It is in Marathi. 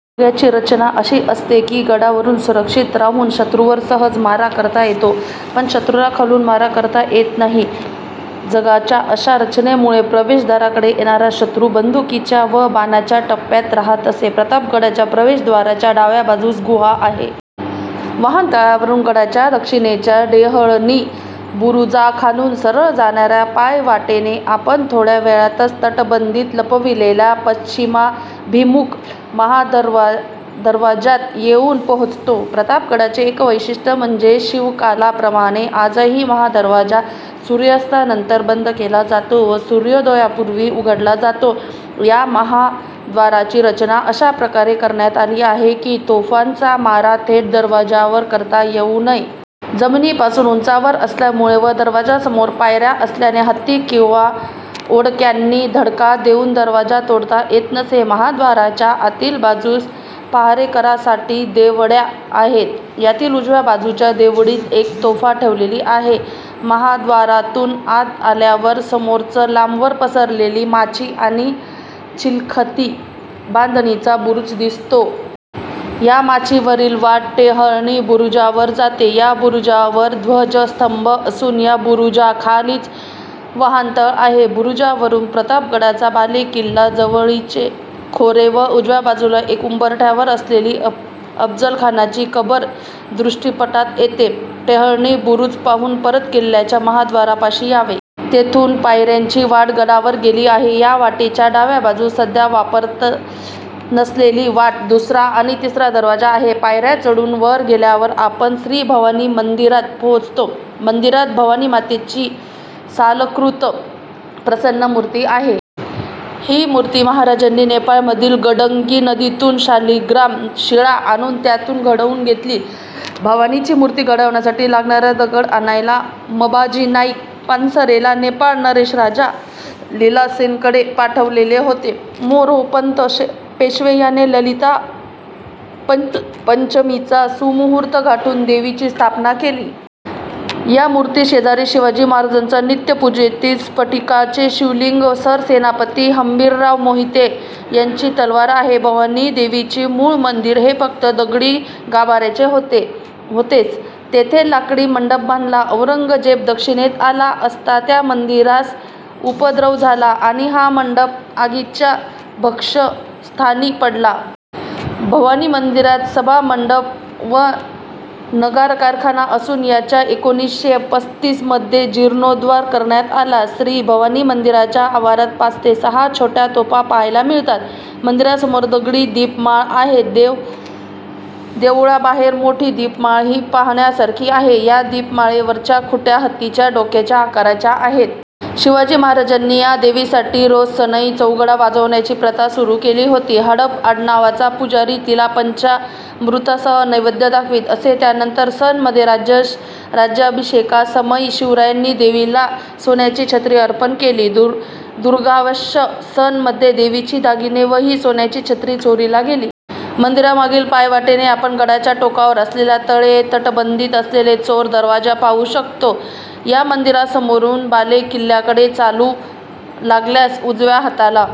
जंग्यांची रचना अशी असते की, गडावरून सुरक्षित राहून शत्रूवर सहज मारा करता येतो, पण शत्रूला खालून मारा करता येत नाही. जंग्यांच्या अशा रचनेमुळे प्रवेशद्वाराकडे येणारा शत्रु, बंदुकीच्या व बाणांच्या टप्प्यात रहात असे. प्रतापगडाच्या प्रवेशव्दाराच्या डाव्या बाजूस गुहा आहे. वाहनतळावरून गडाच्या दक्षिणेच्या टेहळणी बुरुजाखालून सरळ जाणाऱ्या पायवाटेने आपण थोड्या वेळातच तटबंदीत लपविलेल्या पश्चिमाभिमुख महादरवाज्यात येऊन पोहोचतो. प्रतापगडाचे एक वैशिष्ट्य म्हणजे शिवकालाप्रमाणे आजही महादरवाजा सूर्यास्तानंतर बंद केला जातो व सूर्योदयापूर्वी उघडला जातो. या महाद्वाराची रचना अशा प्रकारे करण्यात आली आहे की, तोफांचा मारा थेट दरवाजावर करता येऊ नये. जमिनीपासून उंचावर असल्यामुळे व दरवाजासमोर पायऱ्या असल्याने हत्ती किंवा ओंडक्यांनी धडका देवून दरवाजा तोडता येत नसे. महाद्वाराच्या आतील बाजूस पहारेकऱ्यासाठी देवड्या आहेत. यातील उजव्या बाजूच्या देवडीत एक तोफ ठेवलेली आहे. महाद्वारातून आत आल्यावर समोरच लांबवर पसरलेली माची आणि चिलखती बांधणीचा बुरूज दिसतो. या माचीवरील वाट टेहळणी बूरुजावर जाते. या बुरुजावर ध्वजस्तंभ असुन या बुरुजाखालीच वहानतळ आहे. बुरुजावरून प्रतापगडाचा बालेकिल्ला, जावळीचे खोरे व उजव्या बाजूला एका उंचवट्यावर असलेली अफजलखानाची कबर दृष्टीपथात येते. टेहळणी बुरुज पाहून परत किल्ल्याच्या महाद्वारापाशी यावे. येथून पायऱ्याची वाट गडावर गेली आहे. या वाटेच्या डाव्या बाजूस सध्या वापरात नसलेली वाट, दूसरा आणि तिसरा दरवाजा आहे. पायऱ्या चढून वर गेल्यावर आपण श्रीभवानी मंदिरात पोहोचतो. मंदिरात भवानीमातेची सालंकृत प्रसन्न मूर्ती आहे. ही मूर्ती महाराजांनी नेपाळमधील गंडकी नदीतून शाळीग्राम शिळा आणून त्यातून घडवून घेतली. भवानीची मूर्ती घडवण्यासाठी लागणारा दगड आणायला मंबाजी नाईक पानसरेला नेपाळ नरेश राजा लीलासेनकडे पाठवले होते. मोरोपंत पेशवे याने ललिता पंचमीचा सुमुहूर्त गाठून देवीची स्थापना केली. या मूर्तीशेजारीच शिवाजी महाराजांच्या नित्य पूजेतील स्फटिकाचे शिवलिंग व सरसेनापती हंबीरराव मोहिते यांची तलवार आहे. भवानी देवीचे मूळ मंदिर हे फक्त दगडी गाभाऱ्याचे होते. स. तेथे लाकडी मंडप बांधला. औरंगजेब दक्षिणेत आला असता या मंदिरास उपद्रव झाला आणि हा मंडप आगीच्या भक्ष्यस्थानी पडला. भवानीमंदिरात सभामंडप व नगारखाना असुन यांचा एकोणीसशे पस्तीस मध्ये जिर्णोद्धार करण्यात आला. श्रीभवानी मंदिराच्या आवारात पाच ते सहा छोट्या तोफा पाहायला मिळतात. मंदिरासमोर दगडी दिपमाळा आहेत. देवळाबाहेर मोठी दीपमाळही पाहण्यासारखी आहे. ह्या दीपमाळेवरच्या खुंट्या हत्तीच्या डोक्याच्या आकाराच्या आहेत. शिवाजी महाराजांनी या देवीसाठी रोज सनई चौघडा वाजविण्याची प्रथा सुरू केली होती. हडप आडनावाचा पुजारी तिला पंचामृतासह नैवेद्य दाखवीत असे. त्यानंतर सन मध्ये राज्याभिषेकासमयी शिवरायांनी देवीला सोन्याची छत्री अर्पण केली होती. दुर्भाग्यवश सन मध्ये देवीचे दागिने व ही सोन्याची छत्री चोरीला गेली. मंदिरामागील पायवाटेने आपण गडाच्या टोकावर असलेल्या तळे व तटबंदीत असलेला चोर दरवाजा पाहू शकतो. ह्या मंदिरासमोरून बालेकिल्ल्याकडे चालू लागल्यास उजव्या हाताला